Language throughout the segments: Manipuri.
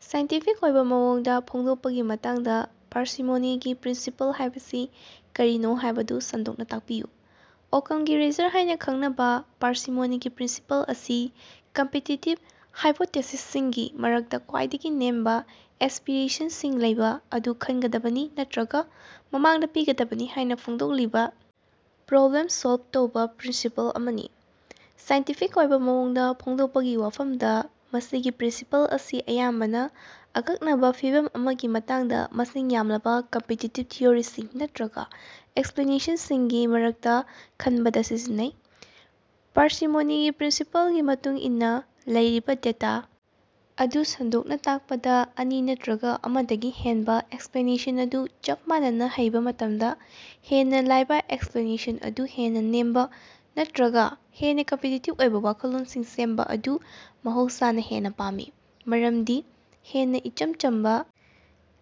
ꯁꯥꯏꯟꯇꯤꯐꯤꯛ ꯑꯣꯏꯕ ꯃꯑꯣꯡꯗ ꯐꯣꯡꯗꯣꯛꯄꯒꯤ ꯃꯇꯥꯡꯗ ꯄꯥꯔꯁꯤꯃꯣꯅꯤꯒꯤ ꯄ꯭ꯔꯤꯟꯁꯤꯄꯜ ꯍꯥꯏꯕꯁꯤ ꯀꯔꯤꯅꯣ ꯍꯥꯏꯕꯗꯨ ꯁꯟꯗꯣꯛꯅ ꯇꯥꯛꯄꯤꯌꯨ꯫ ꯑꯣꯛꯀꯝꯒꯤ ꯔꯦꯖꯔ ꯍꯥꯏꯅ ꯈꯪꯅꯕꯥ ꯄꯥꯔꯁꯤꯃꯣꯅꯤꯒꯤ ꯄ꯭ꯔꯤꯟꯁꯤꯄꯜ ꯑꯁꯤ ꯀꯝꯄꯤꯇꯤꯇꯤꯕ ꯍꯥꯏꯄꯣꯇꯦꯁꯤꯁꯁꯤꯡꯒꯤ ꯃꯔꯛꯇꯥ ꯈ꯭ꯋꯥꯏꯗꯒꯤ ꯅꯦꯝꯕꯥ ꯑꯦꯁ꯭ꯄꯤꯔꯦꯁꯟꯁꯤꯡ ꯂꯩꯕ ꯑꯗꯨ ꯈꯟꯒꯗꯕꯅꯤ ꯅꯠꯇꯔꯒ ꯃꯃꯥꯡꯗꯥ ꯄꯤꯒꯗꯕꯅꯤ ꯍꯥꯏꯅꯥ ꯐꯣꯡꯗꯣꯛꯂꯤꯕꯥ ꯄ꯭ꯔꯣꯕ꯭ꯂꯦꯝ ꯁꯣꯜꯕ ꯇꯧꯕꯥ ꯄ꯭ꯔꯤꯟꯁꯤꯄꯜ ꯑꯃꯅꯤ꯫ ꯁꯥꯏꯟꯇꯤꯐꯤꯛ ꯑꯣꯏꯕꯥ ꯃꯑꯣꯡꯗ ꯐꯣꯡꯗꯣꯛꯄꯒꯤ ꯋꯥꯐꯝꯗꯥ, ꯃꯁꯤꯒꯤ ꯄ꯭ꯔꯤꯟꯁꯤꯄꯜ ꯑꯁꯤ ꯑꯌꯥꯝꯕꯅꯥ ꯑꯀꯛꯅꯕꯥ ꯐꯤꯚꯝ ꯑꯃꯒꯤ ꯃꯇꯥꯡꯗꯥ ꯃꯁꯤꯡ ꯌꯥꯝꯂꯕꯥ ꯀꯝꯄꯤꯇꯤꯇꯤꯕ ꯊꯤꯑꯣꯔꯤꯁꯤꯡ ꯅꯠꯇꯔꯒꯥ ꯑꯦꯛꯁꯞꯂꯦꯅꯦꯁꯟꯁꯤꯡꯒꯤ ꯃꯔꯛꯇꯥ ꯈꯟꯕꯗꯥ ꯁꯤꯖꯤꯟꯅꯩ꯫ ꯄꯥꯔꯁꯤꯃꯣꯅꯤꯒꯤ ꯄ꯭ꯔꯤꯟꯁꯤꯄꯜꯒꯤ ꯃꯇꯨꯡ ꯏꯟꯅꯥ, ꯂꯩꯔꯤꯕ ꯗꯦꯇꯥ ꯑꯗꯨ ꯁꯟꯗꯣꯛꯅ ꯇꯥꯛꯄꯗ ꯑꯅꯤ ꯅꯠꯇꯔꯒꯥ ꯑꯃꯗꯒꯤ ꯍꯦꯟꯕꯥ ꯑꯦꯛꯁꯄꯂꯦꯅꯦꯁꯟ ꯑꯗꯨ ꯆꯞ ꯃꯥꯟꯅꯅ ꯍꯩꯕꯥ ꯃꯇꯝꯗꯥ, ꯍꯦꯟꯅꯥ ꯂꯥꯏꯕ ꯑꯦꯛꯁꯄꯂꯦꯅꯦꯁꯟ ꯑꯗꯨ ꯍꯦꯟꯅ ꯅꯦꯝꯕ ꯅꯠꯇꯔꯒꯥ ꯍꯦꯟꯅꯥ ꯀꯝꯄꯤꯇꯤꯇꯤꯕ ꯑꯣꯏꯕꯥ ꯋꯥꯈꯜꯂꯣꯟꯁꯤꯡ ꯁꯦꯝꯕꯥ ꯑꯗꯨ ꯃꯍꯧꯁꯥꯅꯥ ꯍꯦꯟꯅꯥ ꯄꯥꯝꯃꯤ꯫ ꯃꯔꯃꯗꯤ ꯍꯦꯟꯅꯥ ꯏꯆꯝ ꯆꯝꯕꯥ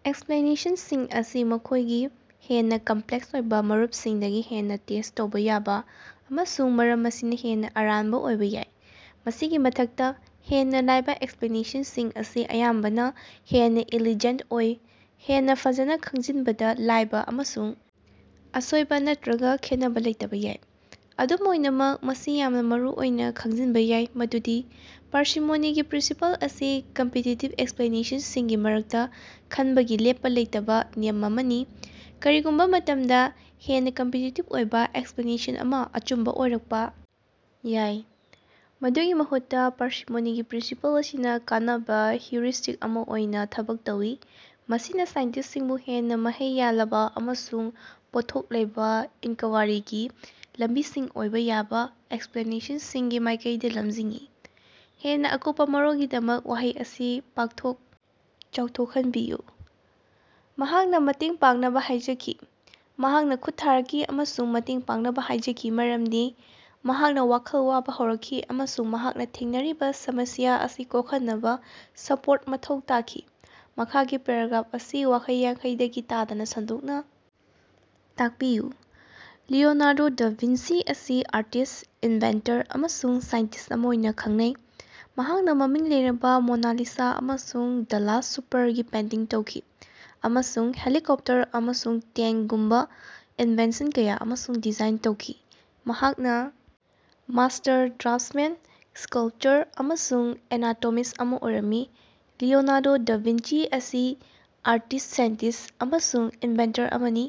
ꯑꯦꯛꯁꯄꯂꯦꯅꯦꯁꯟꯁꯤꯡ ꯑꯁꯤ ꯃꯈꯣꯏꯒꯤ ꯍꯦꯟꯅꯥ ꯀꯝꯄꯂꯦꯛꯁ ꯑꯣꯏꯕꯥ ꯃꯔꯨꯄꯁꯤꯡꯗꯒꯤ ꯍꯦꯟꯅꯥ ꯇꯦꯁꯠ ꯇꯧꯕꯥ ꯌꯥꯕꯥ, ꯑꯃꯁꯨꯡ ꯃꯔꯝ ꯑꯁꯤꯅꯥ ꯍꯦꯟꯅꯥ ꯑꯔꯥꯟꯕꯥ ꯑꯣꯏꯕꯥ ꯌꯥꯏ꯫ ꯃꯁꯤꯒꯤ ꯃꯊꯛꯇꯥ, ꯍꯦꯟꯅꯥ ꯂꯥꯏꯕꯥ ꯑꯦꯛꯁꯄꯂꯦꯅꯦꯁꯟꯁꯤꯡ ꯑꯁꯤ ꯑꯌꯥꯝꯕꯅꯥ ꯍꯦꯟꯅꯥ ꯏꯂꯤꯖꯦꯟꯇ ꯑꯣꯏ, ꯍꯦꯟꯅꯥ ꯐꯖꯅ ꯈꯪꯖꯤꯟꯕꯗꯥ ꯂꯥꯏꯕ ꯑꯃꯁꯨꯡ ꯑꯁꯣꯏꯕꯥ ꯅꯠꯇꯔꯒꯥ ꯈꯦꯠꯅꯕꯥ ꯂꯩꯇꯕꯥ ꯌꯥꯏ꯫ ꯑꯗꯨꯝ ꯑꯣꯏꯅꯃꯛ, ꯃꯁꯤ ꯌꯥꯝꯅꯥ ꯃꯔꯨꯑꯣꯏꯅꯥ ꯈꯪꯖꯤꯅꯕ ꯌꯥꯏ ꯃꯗꯨꯗꯤ ꯄꯥꯔꯁꯤꯃꯣꯅꯤꯒꯤ ꯄ꯭ꯔꯤꯟꯁꯤꯄꯜ ꯑꯁꯤ ꯀꯝꯄꯤꯇꯤꯇꯤꯕ ꯑꯦꯛꯁꯄꯂꯦꯅꯦꯁꯟꯁꯤꯡꯒꯤ ꯃꯔꯛꯇꯥ ꯈꯟꯕꯒꯤ ꯂꯦꯞꯄꯥ ꯂꯩꯇꯕꯥ ꯅꯤꯌꯝ ꯑꯃꯅꯤ꯫ ꯀꯔꯤꯒꯨꯝꯕꯥ ꯃꯇꯝꯗꯥ, ꯍꯦꯟꯅꯥ ꯀꯝꯄꯤꯇꯤꯇꯤꯕ ꯑꯣꯏꯕꯥ ꯑꯦꯛꯁꯄꯂꯦꯟ ꯑꯃꯥ ꯑꯆꯨꯝꯕꯥ ꯑꯣꯏꯔꯛꯄꯥ ꯌꯥꯏ꯫ ꯃꯗꯨꯒꯤ ꯃꯍꯨꯠꯇꯥ, ꯄꯥꯔꯁꯤꯃꯣꯅꯤꯒꯤ ꯄ꯭ꯔꯤꯟꯁꯤꯄꯜ ꯑꯁꯤꯅ ꯀꯥꯟꯅꯕ ꯍꯤꯎꯔꯤꯁꯇꯤꯛ ꯑꯃꯥ ꯑꯣꯏꯅꯥ ꯊꯕꯛ ꯇꯧꯏ, ꯃꯁꯤꯅꯥ ꯁꯥꯏꯟꯇꯤꯁꯇꯁꯤꯡꯕꯨ ꯍꯦꯟꯅꯥ ꯃꯍꯩ ꯌꯥꯜꯂꯕꯥ ꯑꯃꯁꯨꯡ ꯄꯣꯠꯊꯣꯛ ꯂꯩꯕꯥ ꯏꯟꯀꯕꯥꯔꯤꯒꯤ ꯂꯝꯕꯤꯁꯤꯡ ꯑꯣꯏꯕ ꯌꯥꯕ ꯑꯦꯛꯁꯄꯂꯦꯅꯦꯁꯟꯁꯤꯡꯒꯤ ꯃꯥꯏꯀꯩꯗꯥ ꯂꯝꯖꯤꯡꯏ꯫ ꯍꯦꯟꯅꯥ ꯑꯀꯨꯞꯄꯥ ꯃꯔꯣꯂꯒꯤꯗꯃꯛ ꯋꯥꯍꯩ ꯑꯁꯤ ꯄꯥꯛꯊꯣꯛ ꯆꯥꯎꯊꯣꯛꯍꯟꯕꯤꯌꯨ꯫ ꯃꯍꯥꯛꯅꯥ ꯃꯇꯦꯡ ꯄꯥꯡꯅꯕꯥ ꯍꯥꯏꯖꯈꯤ꯫ ꯃꯍꯥꯛꯅꯥ ꯈꯨꯠ ꯊꯥꯔꯛꯈꯤ ꯑꯃꯁꯨꯡ ꯃꯇꯦꯡ ꯄꯥꯡꯅꯕꯥ ꯍꯥꯏꯖꯈꯤ ꯃꯔꯝꯗꯤ ꯃꯍꯥꯛꯅꯥ ꯋꯥꯈꯜ ꯋꯥꯕꯥ ꯍꯧꯔꯛꯈꯤ ꯑꯃꯁꯨꯡ ꯃꯍꯥꯛꯅꯥ ꯊꯦꯡꯅꯔꯤꯕꯥ ꯁꯃꯁ꯭ꯌꯥ ꯑꯁꯤ ꯀꯣꯛꯍꯟꯅꯕꯥ ꯁꯄꯣꯔꯠ ꯃꯊꯧ ꯇꯥꯈꯤ꯫ ꯃꯈꯥꯒꯤ ꯄꯦꯔꯥꯒ꯭ꯔꯥꯐ ꯑꯁꯤ ꯋꯥꯍꯩ ꯌꯥꯡꯈꯩꯗꯒꯤ ꯇꯥꯗꯅꯥ ꯁꯟꯗꯣꯛꯅꯥ ꯇꯥꯛꯄꯤꯌꯨ: "ꯂꯤꯑꯣꯅꯥꯔꯗꯣ ꯗꯥ ꯚꯤꯟꯁꯤ ꯑꯁꯤ ꯑꯥꯔꯇꯤꯁꯠ, ꯏꯟꯚꯦꯟꯇꯔ ꯑꯃꯁꯨꯡ ꯁꯥꯏꯟꯇꯤꯁꯠ ꯑꯃꯥ ꯑꯣꯏꯅꯥ ꯈꯪꯅꯤ꯫ ꯃꯍꯥꯛꯅꯥ ꯃꯃꯤꯡ ꯂꯩꯔꯕꯥ ꯃꯣꯅꯥ ꯂꯤꯁꯥ ꯑꯃꯁꯨꯡ ꯗ ꯂꯥꯁ꯭ꯠ ꯁꯨꯄꯥꯔꯒꯤ ꯄꯦꯟꯇꯤꯡ ꯇꯧꯈꯤ, ꯑꯃꯁꯨꯡ ꯍꯦꯂꯤꯀꯣꯞꯇꯔ ꯑꯃꯁꯨꯡ ꯇꯦꯉ꯭ꯛꯒꯨꯝꯕꯥ ꯏꯅꯚꯦꯟꯁꯟ ꯀꯌꯥ ꯑꯃꯁꯨ ꯗꯤꯖꯥꯏꯟ ꯇꯧꯈꯤ꯫ ꯃꯍꯥꯛꯅꯥ꯫ ꯃꯥꯁ꯭ꯇꯔ ꯗ꯭ꯔꯥꯐꯇꯁꯃꯦꯟ, ꯁ꯭ꯀꯥꯂꯄꯆꯥꯔ ꯑꯃꯁꯨꯡ ꯑꯦꯅꯥꯇꯣꯃꯤꯁꯠ ꯑꯃꯥ ꯑꯣꯏꯔꯝꯃꯤ꯫" ꯂꯤꯑꯣꯅꯥꯔꯗꯣ ꯗꯥ ꯚꯤꯟꯁꯤ ꯑꯁꯤ ꯑꯥꯔꯇꯤꯁꯠ, ꯁꯥꯏꯟꯇꯤꯁꯠ ꯑꯃꯁꯨꯡ ꯏꯟꯚꯦꯟꯇꯔ ꯑꯃꯅꯤ,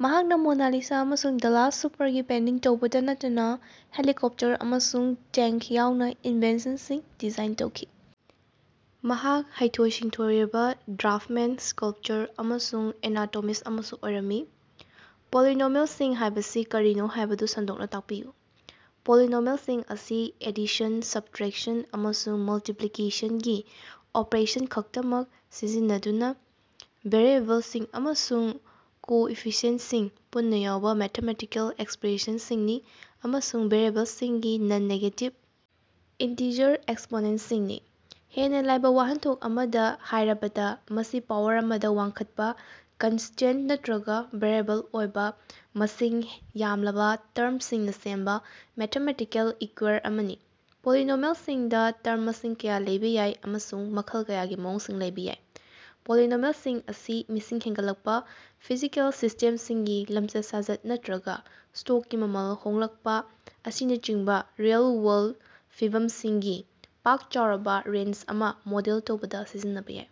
ꯃꯍꯥꯛꯅꯥ ꯃꯣꯅꯥ ꯂꯤꯁꯥ ꯑꯃꯁꯨꯡ ꯗ ꯂꯥꯁꯠ ꯁꯄꯥꯔꯒꯤ ꯄꯦꯟꯇꯤꯡ ꯇꯧꯕꯇꯥ ꯅꯠꯇꯅꯥ ꯍꯦꯂꯤꯀꯣꯞꯇꯔ ꯑꯃꯁꯨꯡ ꯇꯦꯡꯀ ꯌꯥꯎꯅ ꯏꯟꯚꯦꯟꯁꯟꯁꯤꯡ ꯗꯤꯖꯥꯏꯟ ꯇꯧꯈꯤ꯫ ꯃꯍꯥꯛ ꯍꯩꯊꯣꯏ-ꯁꯤꯡꯊꯣꯏꯔꯕꯥ ꯗ꯭ꯔꯥꯐ꯭ꯇꯃꯦꯟ, ꯁ꯭ꯀꯥꯂꯄꯆꯥꯔ ꯑꯃꯁꯨꯡ ꯑꯦꯅꯥꯇꯣꯃꯤꯁꯠ ꯑꯃꯁꯨ ꯑꯣꯏꯔꯝꯃꯤ꯫ ꯄꯣꯂꯤꯅꯣꯃꯤꯑꯦꯜꯁꯤꯡ ꯍꯥꯏꯕꯁꯤ ꯀꯔꯤꯅꯣ ꯍꯥꯏꯕꯗꯨ ꯁꯟꯗꯣꯛꯅꯥ ꯇꯥꯛꯄꯤꯌꯨ꯫ ꯄꯣꯂꯤꯅꯣꯃꯤꯑꯦꯜꯁꯤꯡ ꯑꯁꯤ ꯑꯦꯗꯤꯁꯟ, ꯁꯕꯇꯔꯦꯛꯁꯟ, ꯑꯃꯁꯨꯡ ꯃꯜꯇꯤꯄꯂꯦꯁꯅꯒꯤ ꯑꯣꯄꯔꯦꯁꯟ ꯈꯛꯇꯃꯛ ꯁꯤꯖꯤꯟꯅꯗꯨꯅꯥ ꯚꯦꯔꯤꯑꯦꯕꯜꯁꯤꯡ ꯑꯃꯁꯨꯡ ꯀꯣꯑꯣꯐꯤꯁꯤꯑꯦꯟꯁꯤꯁꯤꯡ ꯄꯨꯟꯅꯥ ꯌꯥꯎꯕꯥ ꯃꯦꯊꯃꯦꯇꯤꯀꯦꯜ ꯑꯦꯛꯁꯞꯔꯦꯁꯟꯁꯤꯡꯅꯤ, ꯑꯃꯁꯨꯡ ꯚꯦꯔꯤꯑꯦꯕꯜꯁꯤꯡꯒꯤ ꯅꯟ-ꯅꯦꯒꯦꯇꯤꯕ ꯏꯟꯇꯤꯖꯔ ꯑꯦꯛꯁꯄꯣꯅꯦꯟꯇꯁꯤꯡꯅꯤ꯫ ꯍꯦꯟꯅꯥ ꯂꯥꯏꯕꯥ ꯋꯥꯍꯟꯊꯣꯛ ꯑꯃꯗꯥ ꯍꯥꯏꯔꯕꯗꯥ, ꯃꯁꯤ ꯄꯥꯋꯔ ꯑꯃꯗꯥ ꯋꯥꯡꯈꯠꯄꯥ ꯀꯟꯁꯇꯦꯟꯇ ꯅꯠꯇꯔꯒꯥ ꯚꯦꯔꯤꯑꯦꯕꯜ ꯑꯣꯏꯕꯥ ꯃꯁꯤꯡ ꯌꯥꯝꯂꯕꯥ ꯇꯔꯃꯁꯤꯡꯅꯥ ꯁꯦꯝꯕꯥ ꯃꯦꯊꯃꯦꯇꯤꯀꯦꯜ ꯏꯀ꯭ꯌꯨꯏꯌꯔ ꯑꯃꯅꯤ꯫ ꯄꯣꯂꯤꯅꯣꯃꯤꯑꯦꯜꯁꯤꯡꯗꯥ ꯇꯔꯝ ꯃꯁꯤꯡ ꯀꯌꯥ ꯂꯩꯕꯥ ꯌꯥꯏ ꯑꯃꯁꯨꯡ ꯃꯈꯜ ꯀꯌꯥꯒꯤ ꯃꯑꯣꯡꯁꯤꯡ ꯂꯧꯕꯥ ꯌꯥꯏ꯫ ꯄꯣꯂꯤꯅꯣꯃꯤꯑꯦꯂꯁꯤꯡ ꯑꯁꯤ ꯃꯤꯁꯤꯡ ꯍꯦꯟꯒꯠꯂꯛꯄꯥ, ꯐꯤꯖꯤꯀꯦꯜ ꯁꯤꯁꯇꯦꯝꯁꯤꯡꯒꯤ ꯂꯝꯆꯠ-ꯁꯥꯖꯠ ꯅꯠꯇꯔꯒꯥ ꯁ꯭ꯇꯣꯛꯀꯤ ꯃꯃꯜ ꯍꯣꯡꯂꯀꯄꯥ ꯑꯁꯤꯅꯆꯤꯡꯕꯥ ꯔꯤꯑꯦꯜ-ꯋꯥꯔꯜꯗ ꯐꯤꯚꯝꯁꯤꯡꯒꯤ ꯄꯥꯛ-ꯆꯥꯎꯔꯕꯥ ꯔꯦꯟꯖ ꯑꯃ ꯃꯣꯗꯦꯜ ꯇꯧꯕꯗ ꯁꯤꯖꯤꯟꯅꯕꯥ ꯌꯥꯏ꯫।